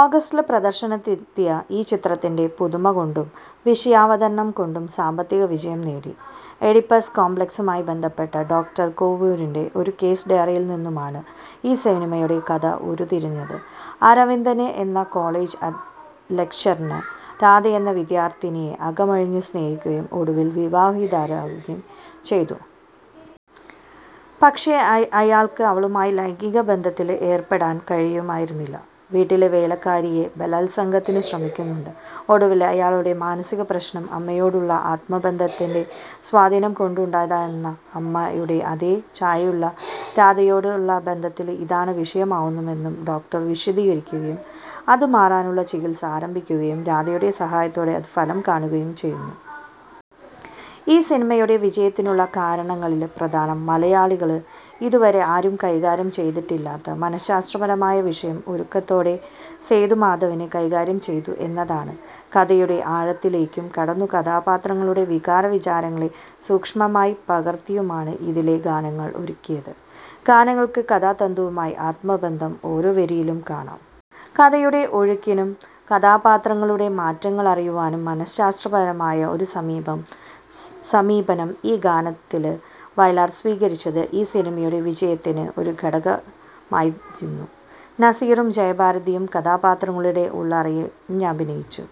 ഓഗസ്റ്റില് പ്രദർശനത്തിനെത്തിയ ഈ ചിത്രത്തിന്റെ പുതുമകൊണ്ടും വിഷയാവതരണം കൊണ്ടും സാമ്പത്തിക വിജയം നേടി. ഈഡിപ്പസ് കോംപ്ലക്സുമായി ബന്ധപ്പെട്ട, ഡോ. കോവൂരിന്റെ ഒരു കേസ് ഡയറിയില്നിന്നുമാണ് ഈ സിനിമയുടെ കഥ ഉരുത്തിരിഞ്ഞത്. അരവിന്ദന് എന്ന കോളജ് ലക്ചറർ രാധയെന്ന വിദ്യാർത്ഥിനിയെ അകമഴിഞ്ഞു സ്നേഹിക്കുകയും ഒടുവില് വിവാഹിതരാവുകയും ചെയ്തു. പക്ഷേ, അയാള്ക്ക് അവളുമായി ലൈംഗികബന്ധത്തില് ഏര്പ്പെടാന് കഴിയുന്നില്ല. വീട്ടിലെ വേലക്കാരിയെ ബലാല്സംഗത്തിനു ശ്രമിക്കുന്നുമുണ്ട്. ഒടുവില് അയാളുടെ മാനസിക പ്രശ്നം അമ്മയോടുള്ള ആത്മബന്ധത്തിന്റെ സ്വാധീനംകൊണ്ടുണ്ടായതാണെന്നും അമ്മയുടെ അതേ ഛായയിലുള്ള രാധയോടുള്ള ബന്ധത്തില് ഇതാണ് വിഷയമാവുന്നതെന്നു ഡോക്ടര് വിശദീകരിക്കുകയും അത് മാറാനുള്ള ചികിത്സ ആരംഭിക്കുകയും രാധയുടെ സഹായത്തോടെ ഇത് ഫലം കാണുകയും ചെയ്യുന്നു. ഈ സിനിമയുടെ വിജയത്തിനുള്ള കാരണങ്ങളില് പ്രധാനം മലയാളത്തില് ഇതുവരെ ആരും കൈകാര്യം ചെയ്തിട്ടില്ലാത്ത മനഃശാസ്ത്രപരമായ വിഷയം ഒതുക്കത്തോടെ സേതുമാധവന് കൈകാര്യം ചെയ്തു എന്നതാണ്. കഥയുടെ ആഴത്തിലേക്കു കടന്നും കഥാപാത്രങ്ങളുടെ വികാരവിചാരങ്ങളെ സൂക്ഷ്മമായി പകര്ത്തിയുമാണ് ഇതിലെ ഗാനങ്ങള് ഒരുക്കിയത്. ഗാനങ്ങള്ക്ക് കഥാതന്തുവുമായി ആത്മബന്ധം ഓരോ വരിയിലും കാണാം. കഥയുടെ ഒഴുക്കിനും കഥാപാത്രങ്ങളുടെ മാറ്റങ്ങളറിയുവാനും മനഃശാസ്ത്രപരമായ ഒരു സമീപനം ഈ ഗാനങ്ങളില് വയലാര് സ്വീകരിച്ചത് ഈ സിനിമയുടെ വിജയത്തിന് ഒരു പ്രധാനഘടകമായിരുന്നു. നസീറും ജയഭാരതിയും കഥാപാത്രങ്ങളുടെ ഉള്ളറിഞ്ഞഭിനയിച്ചു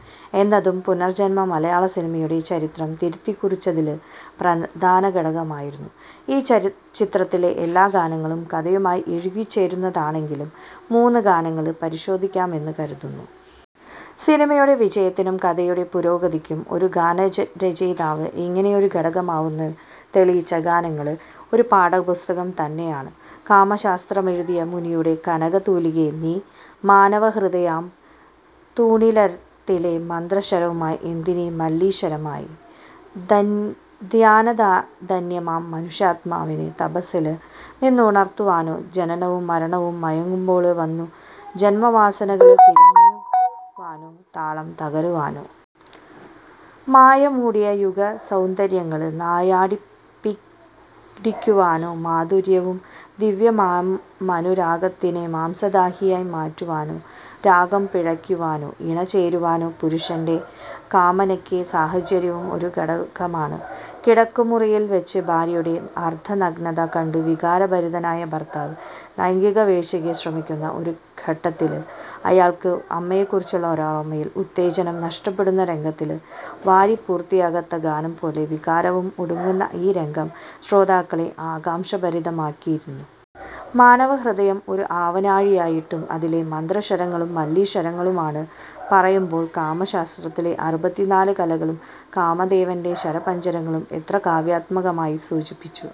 എന്നതും പുനര്ജ്ജന്മം മലയാളസിനിമയുടെ ചരിത്രം തിരുത്തിക്കുറിച്ചതില് പ്രധാനഘടകമായിരുന്നു. ഈ ചിത്രത്തിലെ എല്ലാ ഗാനങ്ങളും കഥയുമായി ഇഴുകിച്ചേർന്നതാണെങ്കിലും മൂന്നു ഗാനങ്ങള് പരിശോധിക്കാമെന്ന് കരുതുന്നു. സിനിമയുടെ വിജയത്തിനും കഥയുടെ പുരോഗതിക്കും ഒരു ഗാനരചയിതാവ് എങ്ങനെയൊരു ഘടകമാവുമെന്ന് തെളിയിച്ച ഗാനങ്ങള് ഒരു പാഠപുസ്തകം തന്നെയാണ്. കാമശാസ്ത്രമെഴുതിയ മുനിയുടെ കനക തൂലികേ നീ മാനവഹൃദയമാം തൂണീരത്തിലെ മന്ത്രശരമായി എന്തിനു മല്ലീശരമായി. ധ്യാനധന്യമാം മനുഷ്യാത്മാവിനെ തപസ്സില് നിന്നുണര്ത്തുവാനോ ജനനവും മരണവും മയങ്ങുമ്പോള് വന്നു ജന്മവാസനകള് തിരുത്തുവാനോ താളം തകര്ക്കുവാനോ. മായമൂടിയ യുഗസൗന്ദര്യങ്ങള് നായാടിപ്പിടിക്കുവാനോ മധുരവും ദിവ്യവുമാമനുരാഗത്തിനെ മാംസദാഹമായ് മാറ്റുവാനോ രാഗം പിഴയ്ക്കുവാനോ ഇണ ചേരുവാനുള്ള പുരുഷന്റെ കാമനയ്ക്ക് സാഹചര്യവും ഒരു ഘടകമാണ്. കിടപ്പുമുറിയില് വച്ച് ഭാര്യയുടെ അര്ദ്ധനഗ്നത കണ്ടു വികാരഭരിതനായ ഭര്ത്താവ് ലൈംഗികവേഴ്ചയ്ക്ക് ശ്രമിക്കുന്ന ഒരു ഘട്ടത്തില് അയാള്ക്ക് അമ്മയെക്കുറിച്ചുള്ള ഓര്മയില് ഉത്തേജനം നഷ്ടപ്പെടുന്ന രംഗത്തില്, വരി പൂര്ത്തിയാകാത്ത ഗാനം പോലെ വികാരവും ഒടുങ്ങുന്ന ഈ രംഗം ശ്രോതാക്കളെ ആംകാംക്ഷാഭരിതരാക്കിയിരുന്നു. മാനവഹൃദയം ഒരു ആവനാഴിയായിട്ടും അതിലെ മന്ത്രശരങ്ങളും മല്ലീശരങ്ങളുമാണെന്ന് പറയുമ്പോള് കാമശാസ്ത്രത്തിലെ അറുപത്തിനാല് കലകളും കാമദേവന്റെ പഞ്ചശരങ്ങളും എത്ര കാവ്യാത്മകമായി സൂചിപ്പിച്ചു